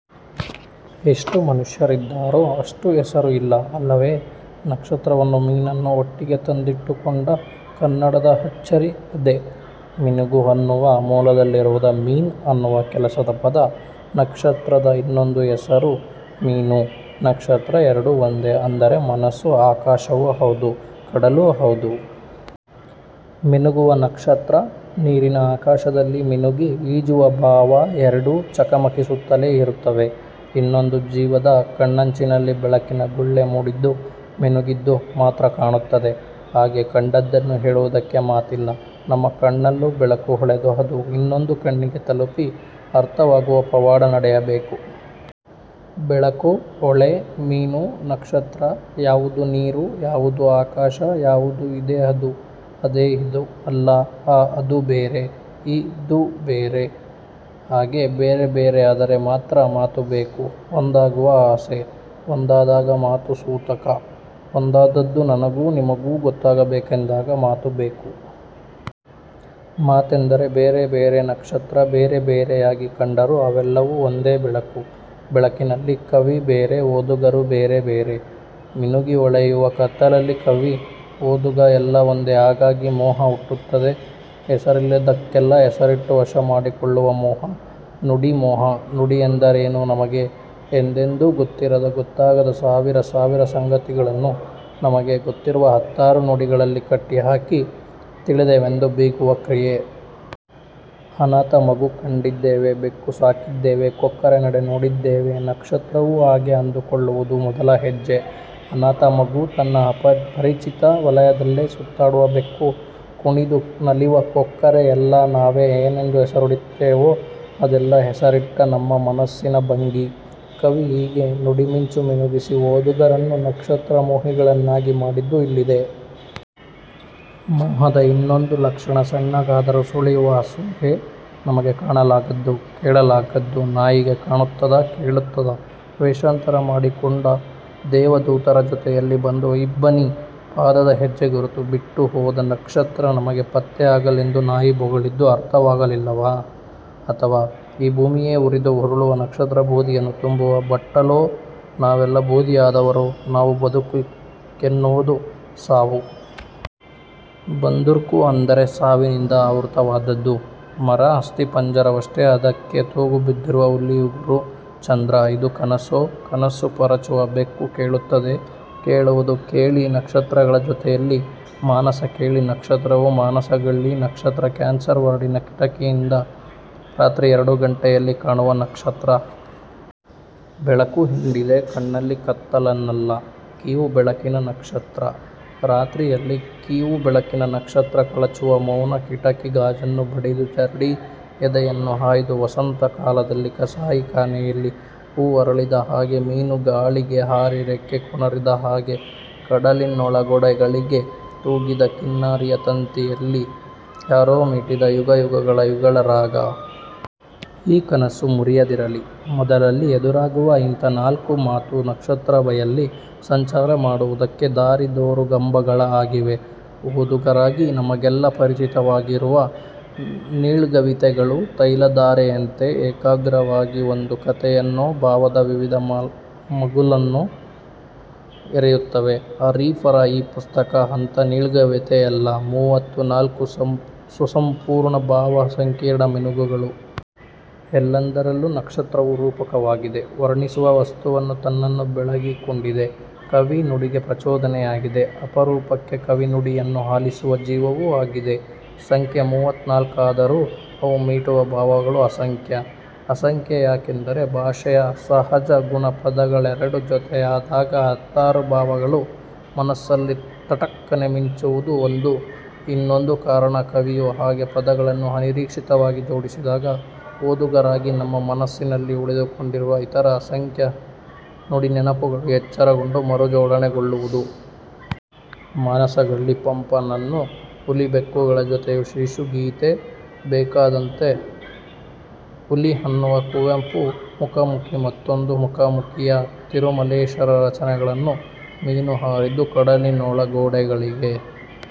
ಎಷ್ಟು ಮನುಷ್ಯರಿದ್ದಾರೋ ಅಷ್ಟು ಹೆಸರು ಇಲ್ಲ ಅಲ್ಲವೇ? ನಕ್ಷತ್ರವನ್ನೂ ಮೀನನ್ನೂ ಒಟ್ಟಿಗೆ ತಂದಿಟ್ಟುಕೊಂಡ ಕನ್ನಡದ ಅಚ್ಚರಿ ಅದೇ. ಮಿನುಗು ಅನ್ನುವ ಮೂಲದಲ್ಲಿರುವುದು ಮೀನ್ ಅನ್ನುವ ಕೆಲಸದ ಪದ. ನಕ್ಷತ್ರದ ಇನ್ನೊಂದು ಹೆಸರು. ಮೀನು ನಕ್ಷತ್ರ ಎರಡೂ ಒಂದೇ ಅಂದರೆ ಮನಸ್ಸು ಆಕಾಶವೂ ಹೌದು, ಕಡಲೂ ಹೌದು. ಮಿನುಗುವ ನಕ್ಷತ್ರ, ನೀರಿನ ಆಕಾಶದಲ್ಲಿ ಮಿನುಗಿ ಈಜುವ ಭಾವ ಎರಡೂ ಚಕಮಕಿಸುತ್ತಲೇ ಇರುತ್ತವೆ. ಇನ್ನೊಂದು ಜೀವದ ಕಣ್ಣಂಚಿನಲ್ಲಿ ಬೆಳಕಿನ ಗುಳ್ಳೆ ಮೂಡಿದ್ದು ಮಿನುಗಿದ್ದು ಮಾತ್ರ ಕಾಣುತ್ತದೆ. ಹಾಗೆ ಕಂಡದ್ದನ್ನು ಹೇಳುವುದಕ್ಕೆ ಮಾತಿಲ್ಲ. ನಮ್ಮ ಕಣ್ಣಲ್ಲೂ ಬೆಳಕು ಹೊಳೆದು ಅದು ಇನ್ನೊಂದು ಕಣ್ಣಿಗೆ ತಲುಪಿ ಅರ್ಥವಾಗುವ ಪವಾಡ ನಡೆಯಬೇಕು. ಬೆಳಕು, ಹೊಳೆ, ಮೀನು, ನಕ್ಷತ್ರ ಯಾವುದು ನೀರು, ಯಾವುದು ಆಕಾಶ, ಯಾವುದು ಇದೇ ಅದು, ಅದೇ ಇದು. ಅಲ್ಲ ಆ ಅದು ಬೇರೆ, ಈ ಇದು ಬೇರೆ. ಹಾಗೆ ಬೇರೆಬೇರೆಯಾದರೆ ಮಾತ್ರ ಮಾತು ಬೇಕು. ಒಂದಾಗುವ ಆಸೆ. ಒಂದಾದಾಗ ಮಾತು ಸೂತಕ. ಒಂದಾದದ್ದು ನನಗೂ ನಿಮಗೂ ಗೊತ್ತಾಗಬೇಕೆಂದಾಗ ಮಾತು ಬೇಕು. ಮಾತೆಂದರೆ ಬೇರೆ ಬೇರೆ ನಕ್ಷತ್ರ ಬೇರೆ ಬೇರೆಯಾಗಿ ಕಂಡರೂ ಅವೆಲ್ಲವೂ ಒಂದೇ ಬೆಳಕು. ಬೆಳಕಿನಲ್ಲಿ ಕವಿ ಬೇರೆ, ಓದುಗರು ಬೇರೆ ಬೇರೆ. ಮಿನುಗಿ ಹೊಳೆಯುವ ಕತ್ತಲಲ್ಲಿ ಕವಿ, ಓದುಗ ಎಲ್ಲಾ ಒಂದೇ. ಹಾಗಾಗಿ ಮೋಹ ಹುಟ್ಟುತ್ತದೆ. ಹೆಸರಿಲ್ಲದ್ದಕ್ಕೆಲ್ಲ ಹೆಸರಿಟ್ಟು ವಶಮಾಡಿಕೊಳ್ಳುವ ಮೋಹ. ನುಡಿ ಮೋಹ. ನುಡಿಯೆಂದರೇನು ನಮಗೆ ಎಂದೆಂದೂ ಗೊತ್ತಿರದ, ಗೊತ್ತಾಗದ ಸಾವಿರ ಸಾವಿರ ಸಂಗತಿಗಳನ್ನು ನಮಗೆ ಗೊತ್ತಿರುವ ಹತ್ತಾರು ನುಡಿಗಳಲ್ಲಿ ಕಟ್ಟಿಹಾಕಿ ತಿಳಿದೆವೆಂದು ಬೀಗುವ ಕ್ರಿಯೆ. ಅನಾಥ ಮಗು ಕಂಡಿದ್ದೇವೆ, ಬೆಕ್ಕು ಸಾಕಿದ್ದೇವೆ, ಕೊಕ್ಕರೆ ನಡೆ ನೋಡಿದ್ದೇವೆ ನಕ್ಷತ್ರವೂ ಹಾಗೆ ಅಂದುಕೊಳ್ಳುವುದು ಮೊದಲ ಹೆಜ್ಜೆ. ಅನಾಥ ಮಗು, ತನ್ನ ಪರಿಚಿತ ವಲಯದಲ್ಲೇ ಸುತ್ತಾಡುವ ಬೆಕ್ಕು, ಕುಣಿದು ನಲಿವ ಕೊಕ್ಕರೆ ಎಲ್ಲಾ ನಾವೇ, ಏನೆಂದು ಹೆಸರಿಡುತ್ತೇವೋ ಅದೆಲ್ಲ ಹೆಸರಿಟ್ಟ ನಮ್ಮ ಮನಸಿನ ಭಂಗಿ. ಕವಿ ಹೀಗೆ ನುಡಿಮಿಂಚು ಮಿನುಗಿಸಿ ಓದುಗರನ್ನೂ ನಕ್ಷತ್ರಮೋಹಿಗಳನ್ನಾಗಿ ಮಾಡಿದ್ದು ಇಲ್ಲಿದೆ. ಮೋಹದ ಇನ್ನೊಂದು ಲಕ್ಷಣ ಸಣ್ಣಗಾದರೂ ಸುಳಿಯುವ ಅಸೂಯೆ. ನಮಗೆ ಕಾಣಲಾಗದ್ದು, ಕೇಳಲಾಗದ್ದು ನಾಯಿಗೆ ಕಾಣುತ್ತದಾ, ಕೇಳುತ್ತದಾ? ವೇಷಾಂತರ ಮಾಡಿಕೊಂಡು ದೇವದೂತರ ಜೊತೆಯಲ್ಲಿ ಬಂದು ಇಬ್ಬನಿ ಪಾದದ ಹೆಜ್ಜೆ ಗುರುತು ಬಿಟ್ಟು ಹೋದ ನಕ್ಷತ್ರ ನಮಗೆ ಪತ್ತೆಯಾಗಲೆಂದು ನಾಯಿ ಬೊಗಳಿದ್ದು ಅರ್ಥವಾಗಲಿಲ್ಲವಾ? ಅಥವಾ ಈ ಭೂಮಿಯೇ ಉರಿದು ಉರುಳುವ ನಕ್ಷತ್ರಬೂದಿಯನ್ನು ತುಂಬುವ ಬಟ್ಟಲೋ ನಾವೆಲ್ಲ ಬೂದಿಯಾದವರೋ ನಾವು ಬದುಕೆನ್ನುವುದು ಸಾವು. ಬರ್ದುಂಕು ಅಂದರೆ ಸಾವಿನಿಂದ ಆವೃತ್ತವಾದದ್ದು. ಮರ ಅಸ್ತಿಪಂಜರವಷ್ಟೇ ಅದಕ್ಕೆ ತೂಗುಬಿದ್ದಿರುವ ಹುಲಿಯುಗುರು ಚಂದ್ರ. ಇದು ಕನಸೋ? ಕನಸು ಪರಚುವ ಬೆಕ್ಕು ಕೇಳುತ್ತದೆ. ಕೇಳುವುದು ಕೇಳಿ ನಕ್ಷತ್ರಗಳ ಜೊತೆಯಲ್ಲಿ ಮಾನಸ ಕೇಳಿ ನಕ್ಷತ್ರವು ಮಾನಸಗಳ್ಳಿ. ನಕ್ಷತ್ರ ಕ್ಯಾನ್ಸರ್ ವಾರ್ಡಿನ ಕಿಟಕಿಯಿಂದ ರಾತ್ರಿ ಎರಡು ಗಂಟೆಯಲ್ಲಿ ಕಾಣುವ ನಕ್ಷತ್ರ. 'ಬೆಳಕು ಹಿಂಡಿದೆ ಕಣ್ಣಲ್ಲಿ ಕತ್ತಲನ್ನಲ್ಲ ಕೀವು ಬೆಳಕಿನ ನಕ್ಷತ್ರ'. ರಾತ್ರಿಯಲ್ಲಿ ಕೀವು ಬೆಳಕಿನ ನಕ್ಷತ್ರ ಕಳಚುವ ಮೌನ ಕಿಟಕಿ ಗಾಜನ್ನು ಬಡಿದು ಜರಡಿ ಎದೆಯನ್ನು ಹಾಯ್ದು ವಸಂತಕಾಲದಲ್ಲಿ ಕಸಾಯಿಖಾನೆಯಲ್ಲಿ ಹೂ ಅರಳಿದ ಹಾಗೆ ಮೀನು ಗಾಳಿಗೆ ಹಾರಿ ರೆಕ್ಕೆ ಕೊನರಿದ ಹಾಗೆ 'ಕಡಲಿನೊಳಗೋಡೆಗಳಿಗೆ ತೂಗಿದ ಕಿನ್ನರಿಯ ತಂತಿಯಲಿ ಯಾರೋ ಮೀಟಿದ ಯುಗ ಯುಗಗಳ ಯುಗಳ ರಾಗ'. ಈ ಕನಸು ಮುರಿಯದಿರಲಿ. ಮೊದಲಲ್ಲಿ ಎದುರಾಗುವ ಇಂಥ ನಾಲ್ಕು ಮಾತು ನಕ್ಷತ್ರಬಯಲ್ಲಿ ಸಂಚಾರ ಮಾಡುವುದಕ್ಕೆ ದಾರಿದೋರುಗಂಬಗಳ ಹಾಗಿವೆ. ಓದುಗರಾಗಿ ನಮಗೆಲ್ಲ ಪರಿಚಿತವಾಗಿರುವ ನೀಳ್ಗವಿತೆಗಳು ತೈಲಧಾರೆಯಂತೆ ಏಕಾಗ್ರವಾಗಿ ಒಂದು ಕಥೆಯನ್ನೋ ಭಾವದ ವಿವಿಧ ಮಗ್ಗುಲನ್ನೋ ಎರೆಯುತ್ತವೆ. ಅರೀಫರ ಈ ಪುಸ್ತಕ ಅಂಥ ನೀಳ್ಗವಿತೆಯಲ್ಲ, ಮೂವತ್ತ ನಾಲ್ಕು ಸ್ವಸಂಪೂರ್ಣ ಭಾವ ಸಂಕೀರ್ಣ ಮಿನುಗುಗಳು. ಎಲ್ಲದರಲ್ಲೂ ನಕ್ಷತ್ರವು ರೂಪಕವಾಗಿದೆ. ವರ್ಣಿಸುವ ವಸ್ತುವನ್ನೂ ತನ್ನನ್ನೂ ಬೆಳಗಿಕೊಂಡಿದೆ. ಕವಿ ನುಡಿಗೆ ಪ್ರಚೋದನೆಯಾಗಿದೆ, ಅಪರೂಪಕ್ಕೆ ಕವಿ ನುಡಿಯನ್ನು ಆಲಿಸುವ ಜೀವವೂ ಆಗಿದೆ. ಸಂಖ್ಯೆ ಮೂವತ್ತನಾಲ್ಕಾದರೂ ಅವು ಮೀಟುವ ಭಾವಗಳು ಅಸಂಖ್ಯ. ಅಸಂಖ್ಯ ಯಾಕೆಂದರೆ ಭಾಷೆಯ ಸಹಜ ಗುಣ ಪದಗಳೆರಡು ಜೊತೆಯಾದಾಗ ಹತ್ತಾರು ಭಾವಗಳು ಮನಸ್ಸಲ್ಲಿ ತಟಕ್ಕನೆ ಮಿಂಚುವುದು ಒಂದು, ಇನ್ನೊಂದು ಕಾರಣ ಕವಿಯು ಹಾಗೆ ಪದಗಳನ್ನು ಅನಿರೀಕ್ಷಿತವಾಗಿ ಜೋಡಿಸಿದಾಗ ಓದುಗರಾಗಿ ನಮ್ಮ ಮನಸ್ಸಿನಲ್ಲಿ ಉಳಿದುಕೊಂಡಿರುವ ಇತರ ಅಸಂಖ್ಯ ನುಡಿನೆನಪುಗಳು ಎಚ್ಚರಗೊಂಡು ಮರುಜೋಡಣೆಗೊಳ್ಳುವುದು. ಮಾನಸಗಳ್ಳಿ ಪಂಪನನ್ನು, ಹುಲಿ-ಬೆಕ್ಕುಗಳ ಜೊತೆಯು ಶಿಶುಗೀತೆ, ಬೆಕ್ಕಾದಂತೆ ಹುಲಿ ಅನ್ನುವ ಕುವೆಂಪು, ಮುಖಾಮುಖಿ, ಮತ್ತೊಂದು ಮುಖಾಮುಖಿಯ ತಿರುಮಲೇಶರ ರಚನೆಗಳನ್ನೂ, ಮೀನು ಹಾರಿದ್ದು ಕಡಲಿನೊಳಗೋಡೆಗಳಿಗೆ